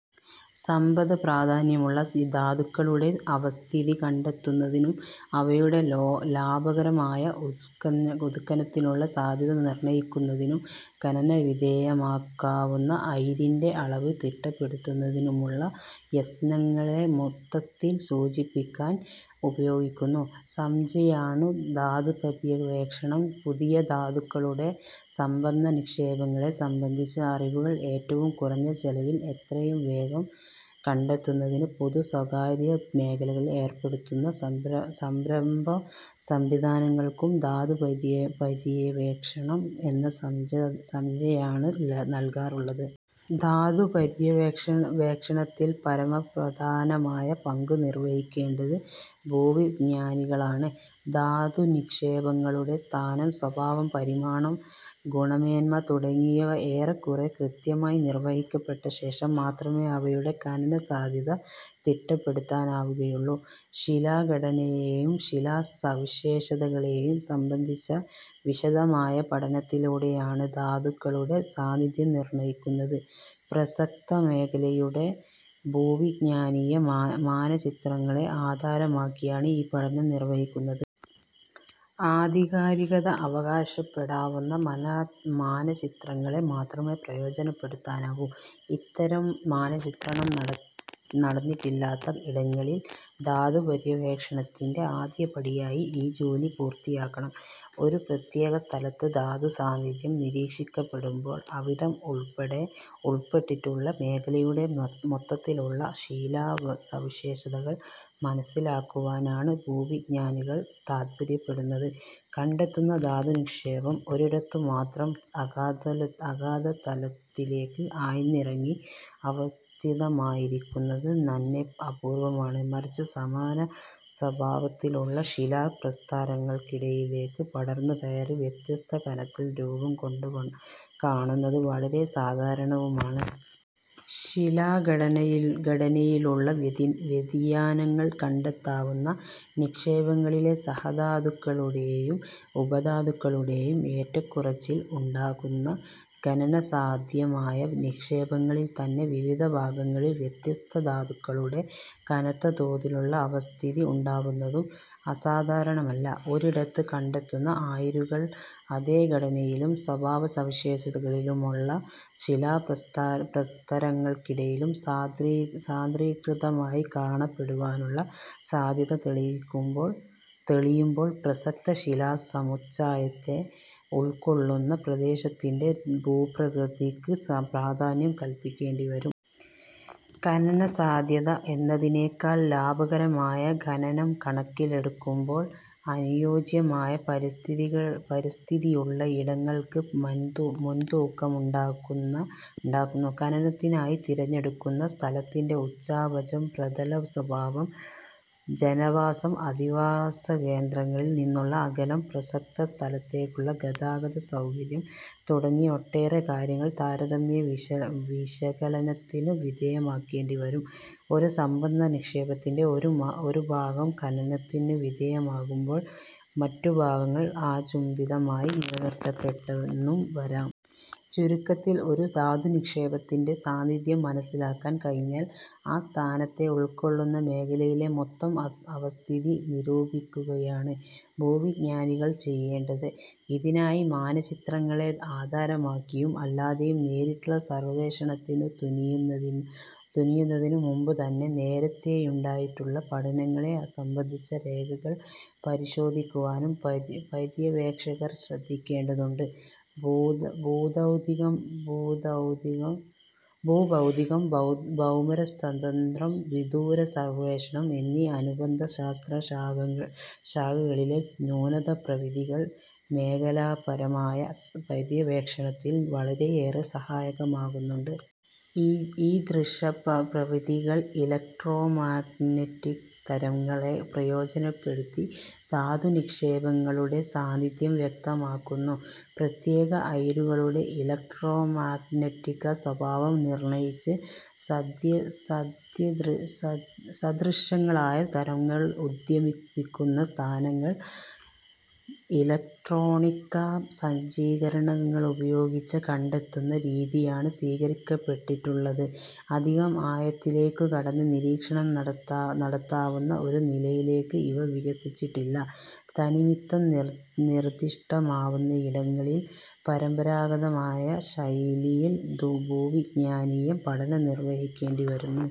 സമ്പദ്പ്രാധാന്യമുള്ള ധാതുക്കളുടെ അവസ്ഥിതി കണ്ടെത്തുന്നതിനും, അവയുടെ ലാഭകരമായ ഉത്ഖനനത്തിനുള്ള സാധ്യത നിർണയിക്കുന്നതിനും, ഖനന വിധേയമാക്കാവുന്ന അയിരിന്റെ അളവ് തിട്ടപ്പെടുത്തുന്നതിനുമുള്ള യത്നങ്ങളെ മൊത്തത്തിൽ സൂചിപ്പിക്കാൻ ഉപയോഗിക്കുന്ന സംജ്ഞയാണു് ധാതുപര്യവേക്ഷണം. പുതിയ ധാതുക്കളുടെ സമ്പന്ന നിക്ഷേപങ്ങളെ സംബന്ധിച്ച അറിവുകൾ ഏറ്റവും കുറഞ്ഞ ചെലവിൽ എത്രയും വേഗം കണ്ടെത്തുന്നതിന് പൊതു-സ്വകാര്യ മേഖലകൾ ഏർപ്പെടുത്തുന്ന സംരംഭ-സംവിധാനങ്ങൾക്കും ധാതുപര്യവേക്ഷണം എന്ന സംജ്ഞയാണു നല്കാറുള്ളത്. ധാതുപര്യവേക്ഷണത്തിൽ പരമപ്രധാനമായ പങ്കു നിർവഹിക്കേണ്ടത് ഭൂവിജ്ഞാനികളാണ്. ധാതുനിക്ഷേപങ്ങളുടെ സ്ഥാനം, സ്വഭാവം, പരിമാണം, ഗുണമേന്മ തുടങ്ങിയവ ഏറെക്കുറെ കൃത്യമായി നിർവഹിക്കപ്പെട്ടശേഷം മാത്രമേ അവയുടെ ഖനന സാധ്യത തിട്ടപ്പെടുത്താനാവുകയുള്ളൂ. ശിലാഘടനയെയും ശിലാസവിശേഷതകളെയും സംബന്ധിച്ച വിശദമായ പഠനത്തിലൂടെയാണ് ധാതുക്കളുടെ സാന്നിധ്യം നിർണയിക്കുന്നത്. പ്രസക്തമേഖലയുടെ ഭൂവിജ്ഞാനീയ മാനചിത്രങ്ങളെ ആധാരമാക്കിയാണ് ഈ പഠനം നിർവഹിക്കുന്നത്. ആധികാരികത അവകാശപ്പെടാവുന്ന മാനചിത്രങ്ങളെ മാത്രമേ പ്രയോജനപ്പെടുത്താനാവൂ; ഇത്തരം മാനചിത്രണം നടന്നിട്ടില്ലാത്ത ഇടങ്ങളിൽ ധാതുപര്യവേക്ഷണത്തിന്റെ ആദ്യപടിയായി ഈ ജോലി പൂർത്തിയാക്കണം. ഒരു പ്രത്യേക സ്ഥലത്ത് ധാതുസാന്നിധ്യം നിരീക്ഷിക്കപ്പെടുമ്പോൾ അവിടം ഉൾപ്പെട്ടിട്ടുള്ള മേഖലയുടെ മൊത്തത്തിലുള്ള ശിലാസവിശേഷതകൾ മനസ്സിലാക്കുവാനാണ് ഭൂവിജ്ഞാനികൾ താത്പര്യപ്പെടുന്നത്. കണ്ടെത്തുന്ന ധാതുനിക്ഷേപം ഒരിടത്തുമാത്രം അഗാധതലത്തിലേക്ക് ആഴ്ന്നിറങ്ങി അവസ്ഥിതമായിരിക്കുന്നത് നന്നേ അപൂർവമാണ്; മറിച്ച് സമാന സ്വഭാവത്തിലുള്ള ശിലാപ്രസ്തരങ്ങൾക്കിടയിലേക്കു പടർന്നുകയറി, വ്യത്യസ്ത കനത്തിൽ രൂപം കൊണ്ടുകാണുന്നത് വളരെ സാധാരണവുമാണ്. ശിലാഘടനയിലുള്ള വ്യതിയാനങ്ങൾ കണ്ടെത്താവുന്ന നിക്ഷേപങ്ങളിലെ സഹധാതുക്കളുടെയും ഉപധാതുക്കളുടെയും ഏറ്റക്കുറച്ചിൽ ഉണ്ടാക്കുന്നു. ഖനനസാധ്യമായ നിക്ഷേപങ്ങളിൽത്തന്നെ വിവിധ ഭാഗങ്ങളിൽ വ്യത്യസ്ത ധാതുക്കളുടെ കനത്ത തോതിലുള്ള അവസ്ഥിതി ഉണ്ടാവുന്നതും അസാധാരണമല്ല. ഒരിടത്ത് കണ്ടെത്തുന്ന അയിരുകൾ അതേ ഘടനയിലും സ്വഭാവസവിശേഷതകളിലുമുള്ള ശിലാപ്രസ്തരങ്ങൾക്കടിയിലും സാന്ദ്രീകൃതമായി കാണപ്പെടുവാനുള്ള സാധ്യത തെളിയുമ്പോൾ പ്രസക്ത ശിലാസമുച്ചയത്തെ ഉൾക്കൊള്ളുന്ന പ്രദേശത്തിന്റെ ഭൂപ്രകൃതിക്ക് പ്രാധാന്യം കല്പിക്കേണ്ടിവരും. ഖനനസാധ്യത എന്നതിനെക്കാൾ, ലാഭകരമായ ഖനനം കണക്കിലെടുക്കുമ്പോൾ അനുയോജ്യമായ പരിസ്ഥിതിയുള്ളയിടങ്ങൾക്ക് മുൻതൂക്കമുണ്ടാകുന്നു. ഖനനത്തിനായി തിരഞ്ഞെടുക്കുന്ന സ്ഥലത്തിന്റെ ഉച്ചാവചം, പ്രതല സ്വഭാവം, ജനവാസം, അധിവാസകേന്ദ്രങ്ങളിൽനിന്നുള്ള അകലം, പ്രസക്തസ്ഥലത്തേക്കുള്ള ഗതാഗത സൌകര്യം തുടങ്ങി ഒട്ടേറെ കാര്യങ്ങൾ താരതമ്യ വിശകലനത്തിനു വിധേയമാക്കേണ്ടിവരും. ഒരു സമ്പന്ന നിക്ഷേപത്തിന്റെ ഒരു ഭാഗം ഖനനത്തിനു വിധേയമാകുമ്പോൾ മറ്റു ഭാഗങ്ങൾ അചുംബിതമായി നിലനിർത്തപ്പെട്ടെന്നും വരാം. ചുരുക്കത്തിൽ ഒരു ധാതുനിക്ഷേപത്തിന്റെ സാന്നിധ്യം മനസ്സിലാക്കാൻ കഴിഞ്ഞാൽ ആ സ്ഥാനത്തെ ഉൾക്കൊള്ളുന്ന മേഖലയിലെ മൊത്തം അവസ്ഥിതി നിരൂപിക്കുകയാണ് ഭൂവിജ്ഞാനികൾ ചെയ്യേണ്ടത്. ഇതിനായി, മാനചിത്രങ്ങളെ ആധാരമാക്കിയും അല്ലാതെയും നേരിട്ടുള്ള സർവേഷണത്തിനു തുനിയുന്നതിനുമുമ്പുതന്നെ, നേരത്തേയുണ്ടായിട്ടുള്ള പഠനങ്ങളെ സംബന്ധിച്ച രേഖകൾ പരിശോധിക്കുവാനും പര്യവേക്ഷകർ ശ്രദ്ധിക്കേണ്ടതുണ്ട്. ഭൂഭൗതികം, ഭൗമരസതന്ത്രം, വിദൂര സർവേഷണം എന്നീ അനുബന്ധ ശാസ്ത്രശാഖകളിലെ നൂതന പ്രവിധികൾ മേഖലാപരമായ പര്യവേക്ഷണത്തിൽ വളരെയേറെ സഹായകമാകുന്നുണ്ട്. ഈദൃശ പ്രവിധികൾ ഇലക്ട്രോമാഗ്നറ്റിക് തരംഗങ്ങളെ പ്രയോജനപ്പെടുത്തി, ധാതുനിക്ഷേപങ്ങളുടെ സാന്നിധ്യം വ്യക്തമാക്കുന്നു. പ്രത്യേക അയിരുകളുടെ ഇലക്ട്രോമാഗ്നറ്റിക സ്വഭാവം നിർണയിച്ച്, സദൃശങ്ങളായ തരംഗങ്ങൾ ഉദ്വമിപ്പിക്കുന്ന സ്ഥാനങ്ങൾ ഇലക്ട്രോണിക സജ്ജീകരണങ്ങളുപയോഗിച്ചു കണ്ടെത്തുന്ന രീതിയാണ് സ്വീകരിക്കപ്പെട്ടിട്ടുള്ളത്. അധികം ആഴത്തിലേക്കു കടന്ന് നിരീക്ഷണം നടത്താവുന്ന ഒരു നിലയിലേക്ക് ഇവ വികസിച്ചിട്ടില്ല. തന്നിമിത്തം നിർദിഷ്ടമാവുന്നയിടങ്ങളിൽ പരമ്പരാഗതമായ ശൈലിയിൽ ഭൂവിജ്ഞാനീയ പഠനം നിർവഹിക്കേണ്ടിവരുന്നു.